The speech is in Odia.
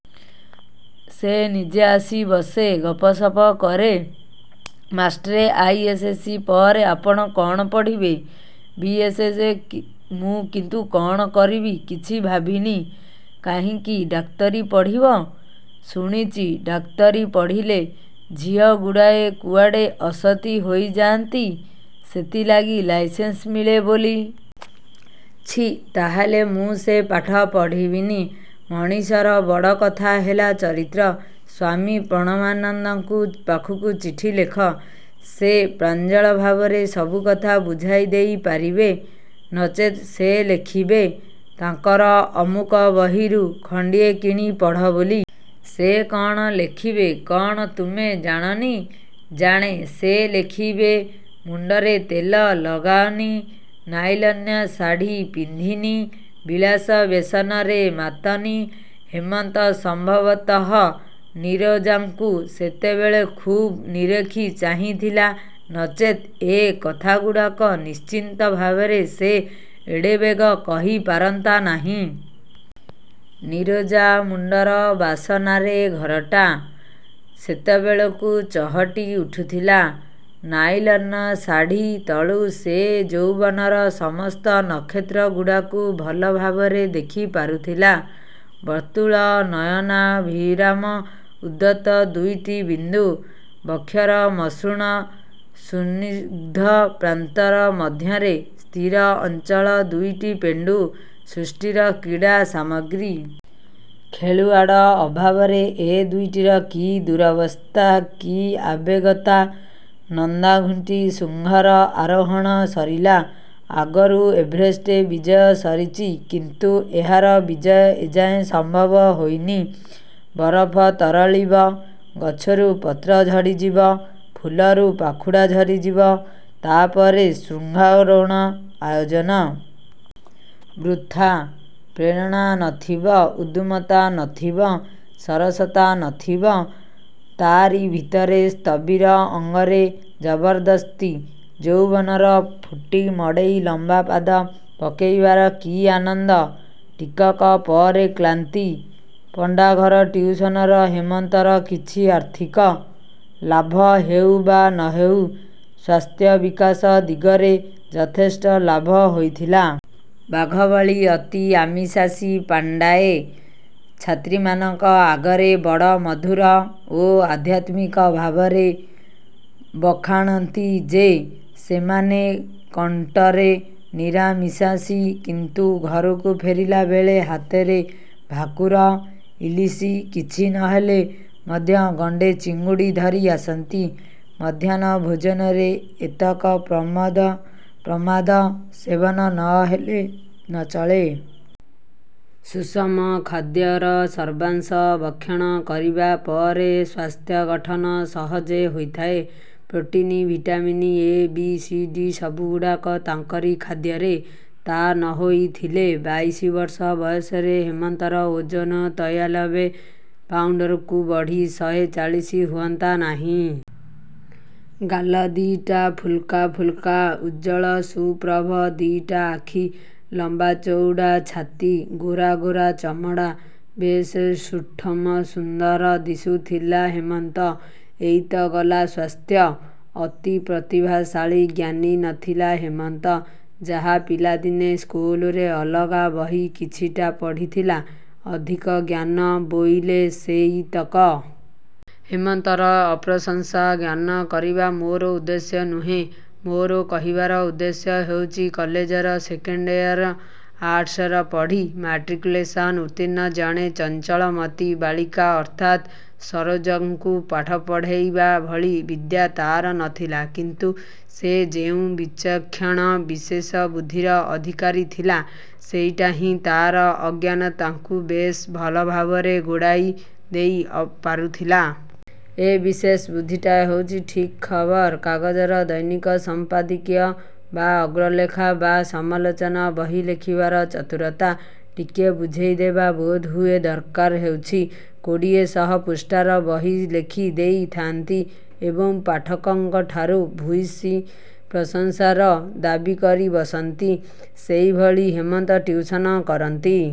ସେ ନିଜେ ଆସି ବସେ, ଗପ ସପ କରେ ,ମାଷ୍ଟ୍ରେ ଆଇ. ଏସ୍. ସି. ପରେ ଆପଣ କଣ ପଢ଼ିବେ ବି. ଏସ୍. ସ। ମୁଁ କିନ୍ତୁ କ'ଣ କରିବି କିଛି ଭାବିନି। କାହିଁକି ଡାକ୍ତରୀ ପଢ଼ିବ। ଶୁଣିଚି, ଡାକ୍ତରୀ ପଢ଼ିଲେ, ଝିଅଗୁଡ଼ାକ କୁଆଡ଼େ ଅସତୀ ହୋଇଯାଆନ୍ତି, ସେଥିଲାଗି ଲାଇସେନ୍ସ ମିଳେ ବୋଲି। ଛି ତାହାହେଲେ, ମୁଁ ସେ ପାଠ ପଢ଼ିବିନି। ମଣିଷର ବଡ଼ କଥା ହେଲା ଚରିତ୍ର। ସ୍ୱାମୀ ପ୍ରଣବାନନ୍ଦଙ୍କ ପାଖକୁ ଚିଠି ଲେଖ, ସେ ପ୍ରାଞ୍ଜଳ ଭାବରେ ସବୁ କଥା ବୁଝାଇ ଦେଇ ପାରିବେ। ନଚେତ ସେ ଲେଖିବେ, ତାଙ୍କର ଅମୁକ ବହିରୁ ଖଣ୍ଡିଏ କିଣି ପଢ଼ ବୋଲି। ସେ କଣ ଲେଖିବେ କଣ ତୁମେ ଜାଣନି ଜାଣେ, ସେ ଲେଖିବେ, ମୁଣ୍ଡରେ ତେଲ ଲଗାଅନି, ନାଇଲନ ଶାଢ଼ି ପିନ୍ଧିନି, ବିଳାସ ବ୍ୟସନରେ ମାତନି। ହେମନ୍ତ ସମ୍ଭବତଃ ନିରୋଜାକୁ ସେତେବେଳ ଖୁବ୍ ନିରେଖି ଚାହିଁଥିଲା ନଚେତ୍ ଏ କଥାଗୁଡ଼ାକ ନିଶ୍ଚିନ୍ତ ଭାବରେ ସେ ଏଡ଼େବେଗ କହି ପାରନ୍ତା ନାହିଁ। ନିରୋଜା ମୁଣ୍ଡର ବାସନାରେ ଘରଟା ସେତେବେଳକୁ ଚହଟି ଉଠୁଥିଲା। ନାଇଲନ ଶାଢ଼ୀ ତଳୁ ସେ ଯୌବନର ସମସ୍ତ ନକ୍ଷତ୍ରଗୁଡ଼ାକୁ ଭଲ ଭାବରେ ଦେଖି ପାରୁଥିଲା। ବର୍ତ୍ତୁଳ ନୟନାଭିରାମ ଉଦ୍ଧତ ଦୁଇଟି ବିନ୍ଦୁ। ବକ୍ଷର ମସୃଣ ସୁସ୍ନିଗ୍ଧ ପ୍ରାନ୍ତର ମଧ୍ୟରେ ସ୍ଥିର ଅଚଳ ଦୁଇଟି ପେଣ୍ଡୁ ସୃଷ୍ଟିର କ୍ରୀଡ଼ାସାମଗ୍ରୀ। ଖେଳୁଆଡ଼ ଅଭାବରେ ଏ ଦୁଇଟିର କି ଦୂରବସ୍ଥା। କି ଆବେଗତା, ନନ୍ଦାଙ୍ଘୁଟି ଶୃଙ୍ଗର ଆରୋହଣ ସରିଲା, ଆଗରୁ ଏଭେରେଷ୍ଟ୍ ବିଜୟ ସରିଚି କିନ୍ତୁ ଏହାର ବିଜୟ ଏଯାଏଁ ସମ୍ଭବ ହୋଇନି। ବରଫତରଳିବ, ଗଛରୁ ପତ୍ର ଝଡ଼ିଯିବ, ଫୁଲରୁ ପାଖୁଡ଼ା ଝଡ଼ିଯିବ, ତା ପରେ ଶୃଙ୍ଗାରୋହଣର ଆୟୋଜନ? ବୃଥା ପ୍ରେରଣା ନଥିବ, ଉଦ୍ଦମତା ନ ଥିବ, ସରସତା ନଥିବ, ତାରି ଭିତରେ ସ୍ଥବିର ଅଙ୍ଗରେ ଜବରଦସ୍ତି ଯୌବନର ପୁଟି ମଡ଼େଇ ଲମ୍ବା ପାଦ ପକେଇବାରେ କି ଆନନ୍ଦ। ଟିକକ ପରେ କ୍ଲାନ୍ତି ପଣ୍ଡା ଘର ଟିଉସନରୁ ହେମନ୍ତର କିଛି ଆର୍ଥିକ ଲାଭ ହେଉ ବା ନହେଉ, ସ୍ୱାସ୍ଥ୍ୟ ବିକାଶ ଦିଗରେ ଯଥେଷ୍ଟ ଲାଭ ହୋଇଥିଲା। ବାଘ ଭଳି ଅତି ଆମିଷାଶୀ ପଣ୍ଡାଏ, ଯାତ୍ରୀମାନଙ୍କ ଆଗରେ ବଡ଼ ମଧୁର ଓ ଅଧ୍ୟାତ୍ମିକ ଭାବରେ ବଖାଣନ୍ତି ଯେ, ସେମାନେ କଟ୍ଟର ନିରାମିଷାଶୀ କିନ୍ତୁ ଘରକୁ ଫେରିଲାବେଳେ ହାତରେ ଭାକୁର, ଇଲିସ କିଛି ନହେଲେ ମଧ୍ୟ ଗଣ୍ଡେ ଚିଙ୍ଗୁଡ଼ି ଧରି ଆସନ୍ତି। ମଧ୍ୟାହ୍ନ ଭୋଜନରେ ଏତକ ପ୍ରମାଦ ସେବନ ନ କଲେ ନ ଚଳେ। ସୁଷମ ଖାଦ୍ୟର ସର୍ବାଂଶ ଭକ୍ଷଣ କରିବା ପରେ ସ୍ୱାସ୍ଥ୍ୟଗଠନ ସହଜେ ହୋଇ ଥାଏ। Protein, vitamin, A. B. C. D ସବୁଗୁଡ଼ାକ ତାଙ୍କରି ଖାଦ୍ୟରେ। ତା'ନହୋଇ ଥିଲେ, ବାଇସି ବର୍ଷ ବୟସରେ ହେମନ୍ତର ଓଜନ ତୈଇଆଲବେ ପାଉଣ୍ଡରୁ ବଢ଼ି ଶହେ ଚଳିଶି ହୁଅନ୍ତା ନାହିଁ। ଗାଲ ଦିଇଟା ଫୁଲକା ଫୁଲକା, ଉଜ୍ଜ୍ୱଳ ସୁପ୍ରଭ ଦିଇଟା ଆଖି, ଲମ୍ବା ଚଉଡ଼ାଛାତି, ଗୋରା ଗୋରା ଚମଡ଼ା। ବେଶ ସୁଠମ ସୁନ୍ଦର ଦିଶୁଥିଲା ହେମନ୍ତ। ଏଇତ ଗଲା ସ୍ୱାସ୍ଥ୍ୟ! ଅତି ପ୍ରତିଭାଶାଳୀ ଜ୍ଞାନୀ ନଥିଲା ହେମନ୍ତ। ଯାହା ପିଲାଦିନେ ସ୍କୁଲରେ ଅଲଗା ବହି କିଛିଟା ପଢ଼ିଥିଲା, ଅଧିକା ଜ୍ଞାନ ବୋଇଲେ ସେଇତକ। ହେମନ୍ତର ଅପ୍ରଶଂସା ଗାନ କରିବା ମୋର ଉଦ୍ଦେଶ୍ୟ ନୁହେଁ। ମୋର କହିବାର ଉଦ୍ଦେଶ୍ୟ ହେଉଛି, କଲେଜର ସେକେଣ୍ଡ ଇଅର ଆର୍ଟସରେ ପଢ଼ି, ମାଟ୍ରିକୁଂଲେସନ ଉତ୍ତୀର୍ଣ୍ଣ ଜଣେ ଚଞ୍ଚଳମତି ବାଳିକା ଅର୍ଥାତ୍ ସରୋଜାକୁ ପାଠ ପଢ଼େଇବା ଭଳି ବିଦ୍ୟା ତାର ନଥିଲା କିନ୍ତୁ ସେ ଯେଉଁ ବିଚକ୍ଷଣ ବିଶେଷ ବୁଦ୍ଧିର ଅଧିକାରୀ ଥିଲା, ସେଇଟାହିଁ ତାର ଅଜ୍ଞାନତାକୁ ବେଶ ଭଲ ଭାବରେ ଘୋଡ଼ାଇ ଦେଇ ପାରୁଥିଲା। ଏହି ବିଶେଷ ବୁଦ୍ଧିଟା ହେଉଚି ଠିକ୍ ଖବର କାଗଜର ଦୈନିକ ସଂପାଦକୀୟ ବା ଅଗ୍ରଲେଖା ବା ସମାଲୋଚନା ବହି ଲେଖିବାର ଚତୁରତା। ଟିକିଏ ବୁଝେଇଦେବା ବୋଧହୁଏ ଦରକାର ହେଉଚି। କୋଡିଏଶହ ପୃଷ୍ଠାର ବହି ଲେଖି ଦେଇ ଥାଆନ୍ତି ଏବଂ ପାଠକଙ୍କଠାରୁ ଭୂୟସୀ ପ୍ରଶଂସାର ଦାବୀ କରି ବସନ୍ତି, ସେହିଭଳି ହେମନ୍ତ ଟିଉସନ କରନ୍ତି।